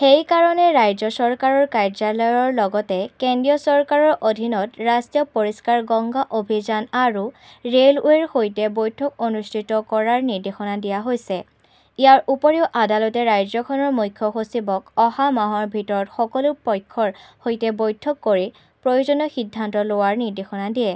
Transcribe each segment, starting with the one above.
সেই কাৰণে, ৰাজ্য চৰকাৰৰ কাৰ্যালয়ৰ লগতে কেন্দ্ৰীয় চৰকাৰৰ অধীনত ৰাষ্ট্ৰীয় পৰিষ্কাৰ গংগা অভিযান আৰু ৰে "লৱেৰ সৈতে বৈঠক অনুষ্ঠিত কৰাৰ নিৰ্দেশ দিয়া হৈছে। ইয়াৰ উপৰিও, আদালতে ৰাজ্যখনৰ মুখ্য সচিবক অহা মাহৰ ভিতৰত সকলো পক্ষৰ সৈতে বৈঠক কৰি প্ৰয়োজনীয় সিদ্ধান্ত লোৱাৰ নিৰ্দেশ দিয়ে,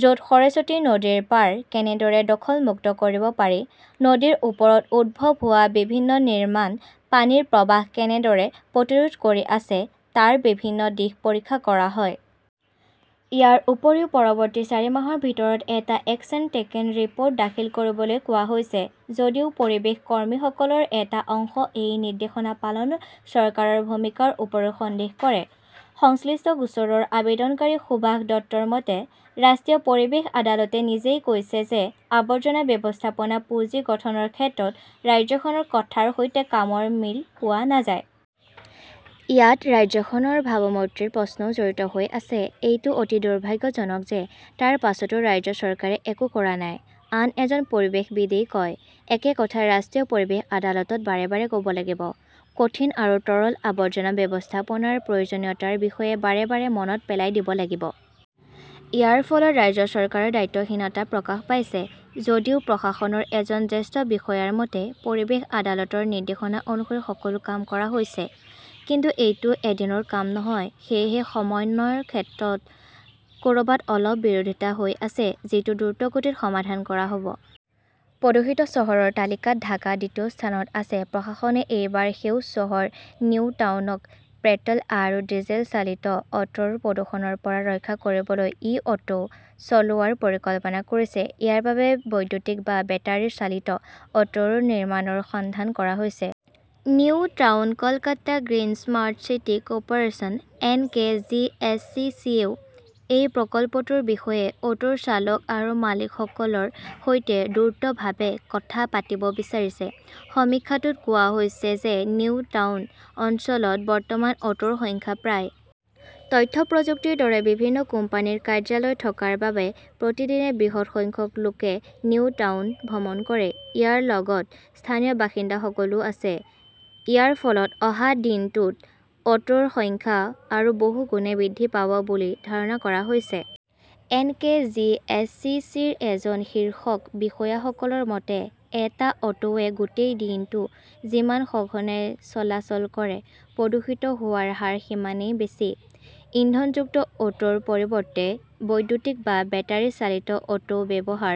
য "ত সৰস্বতী নদীৰ পাৰ কেনেদৰে দখল-মুক্ত কৰিব পাৰি, নদীৰ ওপৰত উদ্ভৱ হোৱা বিভিন্ন নিৰ্মাণই পানীৰ প্ৰবাহ কেনেদৰে প্ৰতিৰোধ কৰি আছে তাৰ বিভিন্ন দিশ পৰীক্ষা কৰা হয়। ইয়াৰ উপৰিও পৰৱৰ্তী চাৰি মাহৰ ভিতৰত এটা 'একশ্যন টেকেন ৰিপৰ্ট "দাখিল কৰিবলৈ কোৱা হৈছে। যদিও পৰিৱেশ কৰ্মীসকলৰ এটা অংশ এই নিৰ্দেশ পালনত চৰকাৰৰ ভূমিকাৰ ওপৰত সন্দেহ কৰে। সংশ্লিষ্ট গোচৰৰ আবেদনকাৰী সুভাষ দত্তৰ মতে, "ৰাষ্ট্ৰীয় পৰিৱেশ আদালতে নিজেই কৈছে যে আৱৰ্জনা ব্যৱস্থাপনা পুঁজি গঠনৰ ক্ষেত্ৰত ৰাজ্যখনৰ কথাৰ সৈতে কামৰ মিল পোৱা নাযায়। ইয়াত ৰাজ্যখনৰ ভাবমূৰ্তিৰ প্ৰশ্নও জড়িত হৈ আছে। এইটো অতি দুৰ্ভাগ্যজনক যে তাৰ পিছতো ৰাজ্য চৰকাৰে একো কৰা নাই! "আন এজন পৰিৱেশবিদই কয়", একে কথা ৰাষ্ট্ৰীয় পৰিৱেশ আদালতত বাৰে বাৰে ক "ব লাগিব। কঠিন আৰু তৰল আৱৰ্জনা ব্যৱস্থাপনাৰ প্ৰয়োজনীয়তাৰ বিষয়ে বাৰে বাৰে মনত পেলাই দিব লাগিব। ইয়াৰ ফলত ৰাজ্য চৰকাৰৰ দায়িত্বহীনতা প্ৰকাশ পাইছে। "যদিও প্ৰশাসনৰ এজন জ্যেষ্ঠ বিষয়াৰ মতে", পৰিৱেশ আদালতৰ নিৰ্দেশ অনুসৰি সকলো কাম কৰা হৈছে। কিন্তু এইটো এদিনৰ কাম নহয়। সেয়েহে সমন্বয়ৰ ক্ষেত্ৰত ক "ৰবাত অলপ বিৰোধিতা হৈ আছে, যিটো দ্ৰুতগতিত সমাধান কৰা হ" ব। "। প্ৰদূষিত চহৰৰ তালিকাত ঢাকা দ্বিতীয় স্থানত আছে প্ৰশাসনে এইবাৰ সেউজ চহৰ নিউ টাউনক পেট্ৰ "ল আৰু ডিজেল চালিত অটোৰ প্ৰদূষণৰ পৰা ৰক্ষা কৰিবলৈ ই-অটো চলোৱাৰ পৰিকল্পনা কৰিছে। ইয়াৰ বাবে বৈদ্যুতিক বা বেটাৰী চালিত অটো নিৰ্মাতাৰ সন্ধান কৰা হৈছে। New Town Kolkata Green Smart City Corporation, N. K. G. S. C. C. -য়েও এই প্ৰকল্পটোৰ বিষয়ে অটো চালক আৰু মালিকসকলৰ সৈতে দ্ৰুতভাৱে কথা পাতিব বিচাৰিছে। সমীক্ষাটোত কোৱা হৈছে যে নিউ টাউন অঞ্চলত বৰ্তমান অটোৰ সংখ্যা প্ৰায়। তথ্য প্ৰযুক্তিৰ দৰে বিভিন্ন কোম্পানীৰ কাৰ্যালয় থকাৰ বাবে প্ৰতিদিনে বৃহৎ সংখ্যক লোকে নিউ টাউন ভ্ৰমণ কৰে। ইয়াৰ লগত স্থানীয় বাসিন্দাসকলও আছে। ইয়াৰ ফলত অহা দিনটোত অটোৰ সংখ্যা আৰু বহুগুণে বৃদ্ধি পাব বুলি ধাৰণা কৰা হৈছে। N. K. G. S. C. C. -ৰ এজন শীৰ্ষ বিষয়াসকলৰ মতে, "এটা অটোৱে গোটেই দিনটো যিমান সঘনাই চলাচল কৰে, প্ৰদূষিত হোৱাৰ হাৰ সিমানেই বেছি"। ইন্ধনযুক্ত অটোৰ পৰিৱৰ্তে বৈদ্যুতিক বা বেটাৰী চালিত অটো ব্যৱহাৰ